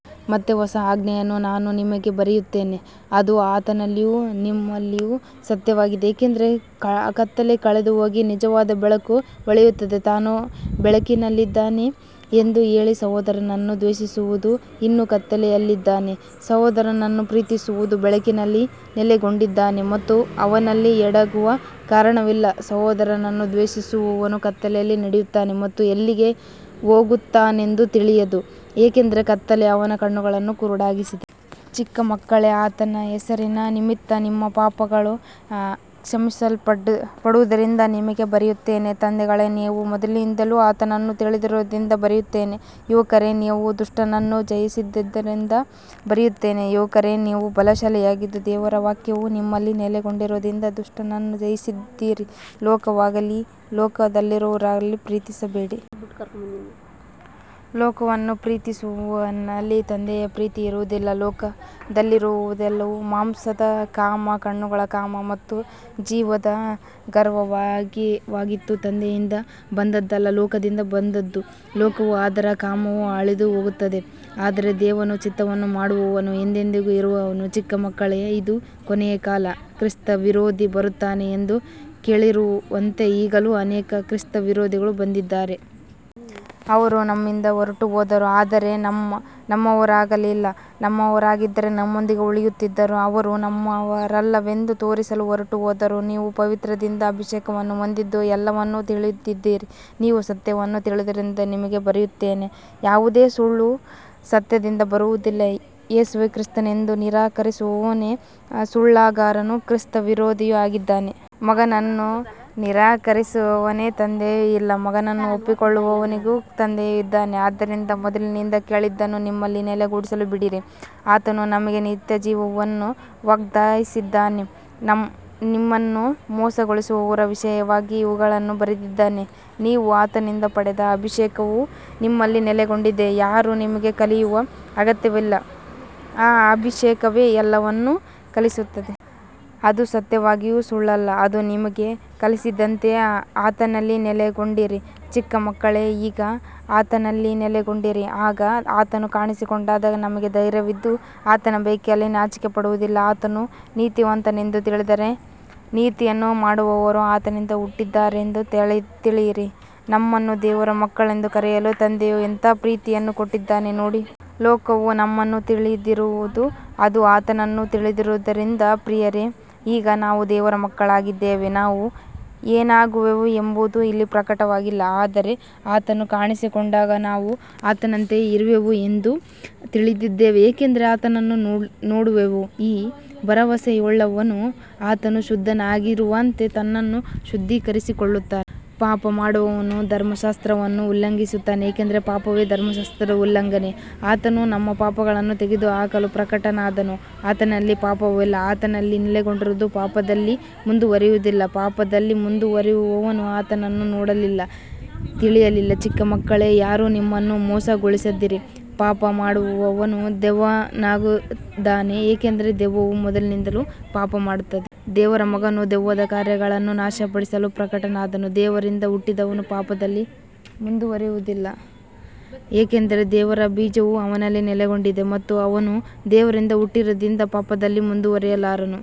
ಮತ್ತೆ ಹೊಸ ಆಜ್ಞೆಯನ್ನು ನಾನು ನಿಮಗೆ ಬರೆಯುತ್ತೇನೆ, ಅದು ಆತನಲ್ಲಿಯೂ ನಿಮ್ಮಲ್ಲಿಯೂ ಸತ್ಯವಾಗಿದೆ, ಏಕೆಂದರೆ ಕತ್ತಲೆ ಕಳೆದುಹೋಗಿ ನಿಜವಾದ ಬೆಳಕು ಹೊಳೆಯುತ್ತಿದೆ. ತಾನು ಬೆಳಕಿನಲ್ಲಿದ್ದೇನೆ ಎಂದು ಹೇಳಿ ಸಹೋದರನನ್ನು ದ್ವೇಷಿಸುವವನು ಇನ್ನೂ ಕತ್ತಲೆಯಲ್ಲಿದ್ದಾನೆ. ಸಹೋದರನನ್ನು ಪ್ರೀತಿಸುವವನು ಬೆಳಕಿನಲ್ಲಿ ನೆಲೆಗೊಂಡಿದ್ದಾನೆ ಮತ್ತು ಅವನಲ್ಲಿ ಎಡವುವ ಕಾರಣವಿಲ್ಲ. ಸಹೋದರನನ್ನು ದ್ವೇಷಿಸುವವನು ಕತ್ತಲೆಯಲ್ಲಿ ನಡೆಯುತ್ತಾನೆ ಮತ್ತು ಎಲ್ಲಿಗೆ ಹೋಗುತ್ತಾನೆಂದು ತಿಳಿಯನು, ಏಕೆಂದರೆ ಕತ್ತಲೆ ಅವನ ಕಣ್ಣುಗಳನ್ನು ಕುರುಡಾಗಿಸಿದೆ. ಚಿಕ್ಕ ಮಕ್ಕಳೇ, ಆತನ ಹೆಸರಿನ ನಿಮಿತ್ತ ನಿಮ್ಮ ಪಾಪಗಳು ಕ್ಷಮಿಸಲ್ಪಟ್ಟಿರುವುದರಿಂದ ನಿಮಗೆ ಬರೆಯುತ್ತೇನೆ. ತಂದೆಗಳೇ, ನೀವು ಮೊದಲಿನಿಂದಲೂ ಆತನನ್ನು ತಿಳಿದಿರುವುದರಿಂದ ಬರೆಯುತ್ತೇನೆ. ಯುವಕರೇ, ನೀವು ದುಷ್ಟನನ್ನು ಜಯಿಸಿರುವುದರಿಂದ ಬರೆಯುತ್ತೇನೆ. ಯುವಕರೇ, ನೀವು ಬಲಶಾಲಿಗಳಾಗಿದ್ದು ದೇವರ ವಾಕ್ಯವು ನಿಮ್ಮಲ್ಲಿ ನೆಲೆಗೊಂಡಿರುವುದರಿಂದ ದುಷ್ಟನನ್ನು ಜಯಿಸಿದ್ದೀರಿ. ಲೋಕವನ್ನಾಗಲಿ ಲೋಕದಲ್ಲಿರುವವುಗಳನ್ನಾಗಲಿ ಪ್ರೀತಿಸಬೇಡಿ. ಲೋಕವನ್ನು ಪ್ರೀತಿಸುವವನಲ್ಲಿ ತಂದೆಯ ಪ್ರೀತಿ ಇರುವುದಿಲ್ಲ. ಲೋಕದಲ್ಲಿರುವುದೆಲ್ಲವೂ ಮಾಂಸದ ಕಾಮ, ಕಣ್ಣುಗಳ ಕಾಮ ಮತ್ತು ಜೀವದ ಗರ್ವವಾಗಿದ್ದು ತಂದೆಯಿಂದ ಬಂದದ್ದಲ್ಲ, ಲೋಕದಿಂದ ಬಂದದ್ದು. ಲೋಕವೂ ಅದರ ಕಾಮವೂ ಅಳಿದುಹೋಗುತ್ತವೆ, ಆದರೆ ದೇವರ ಚಿತ್ತವನ್ನು ಮಾಡುವವನು ಎಂದೆಂದಿಗೂ ಇರುವನು. ಚಿಕ್ಕ ಮಕ್ಕಳೇ, ಇದು ಕೊನೆಯ ಕಾಲ. ಕ್ರಿಸ್ತವಿರೋಧಿ ಬರುತ್ತಾನೆ ಎಂದು ಕೇಳಿರುವಂತೆ ಈಗಲೂ ಅನೇಕ ಕ್ರಿಸ್ತವಿರೋಧಿಗಳು ಬಂದಿದ್ದಾರೆ. ಅವರು ನಮ್ಮಿಂದ ಹೊರಟುಹೋದರು, ಆದರೆ ನಮ್ಮವರಾಗಿರಲಿಲ್ಲ. ನಮ್ಮವರಾಗಿದ್ದರೆ ನಮ್ಮೊಂದಿಗೆ ಉಳಿಯುತ್ತಿದ್ದರು. ಅವರು ನಮ್ಮವರಲ್ಲವೆಂದು ತೋರಿಸಲು ಹೊರಟುಹೋದರು. ನೀವು ಪವಿತ್ರನಿಂದ ಅಭಿಷೇಕವನ್ನು ಹೊಂದಿದ್ದು ಎಲ್ಲವನ್ನೂ ತಿಳಿದಿದ್ದೀರಿ. ನೀವು ಸತ್ಯವನ್ನು ತಿಳಿದಿರುವುದರಿಂದ ನಿಮಗೆ ಬರೆಯುತ್ತೇನೆ, ಯಾವುದೇ ಸುಳ್ಳು ಸತ್ಯದಿಂದ ಬರುವುದಿಲ್ಲ. ಯೇಸುವೇ ಕ್ರಿಸ್ತನೆಂದು ನಿರಾಕರಿಸುವವನೇ ಸುಳ್ಳುಗಾರನೂ ಕ್ರಿಸ್ತವಿರೋಧಿಯೂ ಆಗಿದ್ದಾನೆ. ಮಗನನ್ನು ನಿರಾಕರಿಸುವವನಿಗೆ ತಂದೆಯೂ ಇಲ್ಲ, ಮಗನನ್ನು ಒಪ್ಪಿಕೊಳ್ಳುವವನಿಗೆ ತಂದೆಯೂ ಇದ್ದಾನೆ. ಆದ್ದರಿಂದ ಮೊದಲಿನಿಂದ ಕೇಳಿದ್ದನ್ನು ನಿಮ್ಮಲ್ಲಿ ನೆಲೆಗೊಳ್ಳಲು ಬಿಡಿರಿ. ಆತನು ನಮಗೆ ನಿತ್ಯಜೀವವನ್ನು ವಾಗ್ದಾನಿಸಿದ್ದಾನೆ. ನಿಮ್ಮನ್ನು ಮೋಸಗೊಳಿಸುವವರ ವಿಷಯವಾಗಿ ಇವುಗಳನ್ನು ಬರೆದಿದ್ದೇನೆ. ನೀವು ಆತನಿಂದ ಪಡೆದ ಅಭಿಷೇಕವು ನಿಮ್ಮಲ್ಲಿ ನೆಲೆಗೊಂಡಿದೆ. ಯಾರೂ ನಿಮಗೆ ಕಲಿಸುವ ಅಗತ್ಯವಿಲ್ಲ, ಆ ಅಭಿಷೇಕವೇ ಎಲ್ಲವನ್ನೂ ಕಲಿಸುತ್ತದೆ. ಅದು ಸತ್ಯವಾಗಿದ್ದು ಸುಳ್ಳಲ್ಲ. ಅದು ನಿಮಗೆ ಕಲಿಸಿದಂತೆಯೇ ಆತನಲ್ಲಿ ನೆಲೆಗೊಂಡಿರಿ. ಚಿಕ್ಕ ಮಕ್ಕಳೇ, ಈಗ ಆತನಲ್ಲಿ ನೆಲೆಗೊಂಡಿರಿ, ಆಗ ಆತನು ಕಾಣಿಸಿಕೊಂಡಾಗ ನಮಗೆ ಧೈರ್ಯವಿದ್ದು ಆತನ ಬರುವಿಕೆಯಲ್ಲಿ ನಾಚಿಕೆಪಡುವುದಿಲ್ಲ. ಆತನು ನೀತಿವಂತನೆಂದು ತಿಳಿದರೆ ನೀತಿಯನ್ನು ಮಾಡುವವನು ಆತನಿಂದ ಹುಟ್ಟಿದ್ದಾನೆಂದು ತಿಳಿಯಿರಿ. ನಮ್ಮನ್ನು ದೇವರ ಮಕ್ಕಳೆಂದು ಕರೆಯಲು ತಂದೆಯು ಎಂಥ ಪ್ರೀತಿಯನ್ನು ಕೊಟ್ಟಿದ್ದಾನೆ ನೋಡಿ. ಲೋಕವು ನಮ್ಮನ್ನು ತಿಳಿಯದಿರುವುದು ಅದು ಆತನನ್ನು ತಿಳಿಯದಿರುವುದರಿಂದ. ಪ್ರಿಯರೇ, ಈಗ ನಾವು ದೇವರ ಮಕ್ಕಳಾಗಿದ್ದೇವೆ. ನಾವು ಏನಾಗುವೆವು ಎಂಬುದು ಇನ್ನೂ ಪ್ರಕಟವಾಗಿಲ್ಲ, ಆದರೆ ಆತನು ಕಾಣಿಸಿಕೊಂಡಾಗ ನಾವು ಆತನಂತೆಯೇ ಇರುವೆವು ಎಂದು ತಿಳಿದಿದ್ದೇವೆ, ಏಕೆಂದರೆ ಆತನನ್ನು ನೋಡುವೆವು. ಈ ಭರವಸೆಯುಳ್ಳವನು ಆತನು ಶುದ್ಧನಾಗಿರುವಂತೆ ತನ್ನನ್ನು ಶುದ್ಧೀಕರಿಸಿಕೊಳ್ಳುತ್ತಾನೆ. ಪಾಪ ಮಾಡುವವನು ಧರ್ಮಶಾಸ್ತ್ರವನ್ನು ಉಲ್ಲಂಘಿಸುತ್ತಾನೆ, ಏಕೆಂದರೆ ಪಾಪವೇ ಧರ್ಮಶಾಸ್ತ್ರದ ಉಲ್ಲಂಘನೆ. ಆತನು ನಮ್ಮ ಪಾಪಗಳನ್ನು ತೆಗೆದುಹಾಕಲು ಪ್ರಕಟನಾದನು, ಆತನಲ್ಲಿ ಪಾಪವಿಲ್ಲ. ಆತನಲ್ಲಿ ನೆಲೆಗೊಂಡಿರುವವನು ಪಾಪದಲ್ಲಿ ಮುಂದುವರಿಯುವುದಿಲ್ಲ. ಪಾಪದಲ್ಲಿ ಮುಂದುವರಿಯುವವನು ಆತನನ್ನು ನೋಡಲಿಲ್ಲ, ತಿಳಿಯಲಿಲ್ಲ. ಚಿಕ್ಕ ಮಕ್ಕಳೇ, ಯಾರೂ ನಿಮ್ಮನ್ನು ಮೋಸಗೊಳಿಸದಿರಲಿ. ಪಾಪ ಮಾಡುವವನು ದೆವ್ವದವನಾಗಿದ್ದಾನೆ, ಏಕೆಂದರೆ ದೆವ್ವವು ಮೊದಲಿನಿಂದಲೂ ಪಾಪಮಾಡುತ್ತದೆ. ದೇವರ ಮಗನು ದೆವ್ವದ ಕಾರ್ಯಗಳನ್ನು ನಾಶಮಾಡಲು ಪ್ರಕಟನಾದನು. ದೇವರಿಂದ ಹುಟ್ಟಿದವನು ಪಾಪದಲ್ಲಿ ಮುಂದುವರಿಯುವುದಿಲ್ಲ, ಏಕೆಂದರೆ ದೇವರ ಬೀಜವು ಅವನಲ್ಲಿ ನೆಲೆಗೊಂಡಿದೆ ಮತ್ತು ಅವನು ದೇವರಿಂದ ಹುಟ್ಟಿರುವುದರಿಂದ ಪಾಪದಲ್ಲಿ ಮುಂದುವರಿಯಲಾರನು.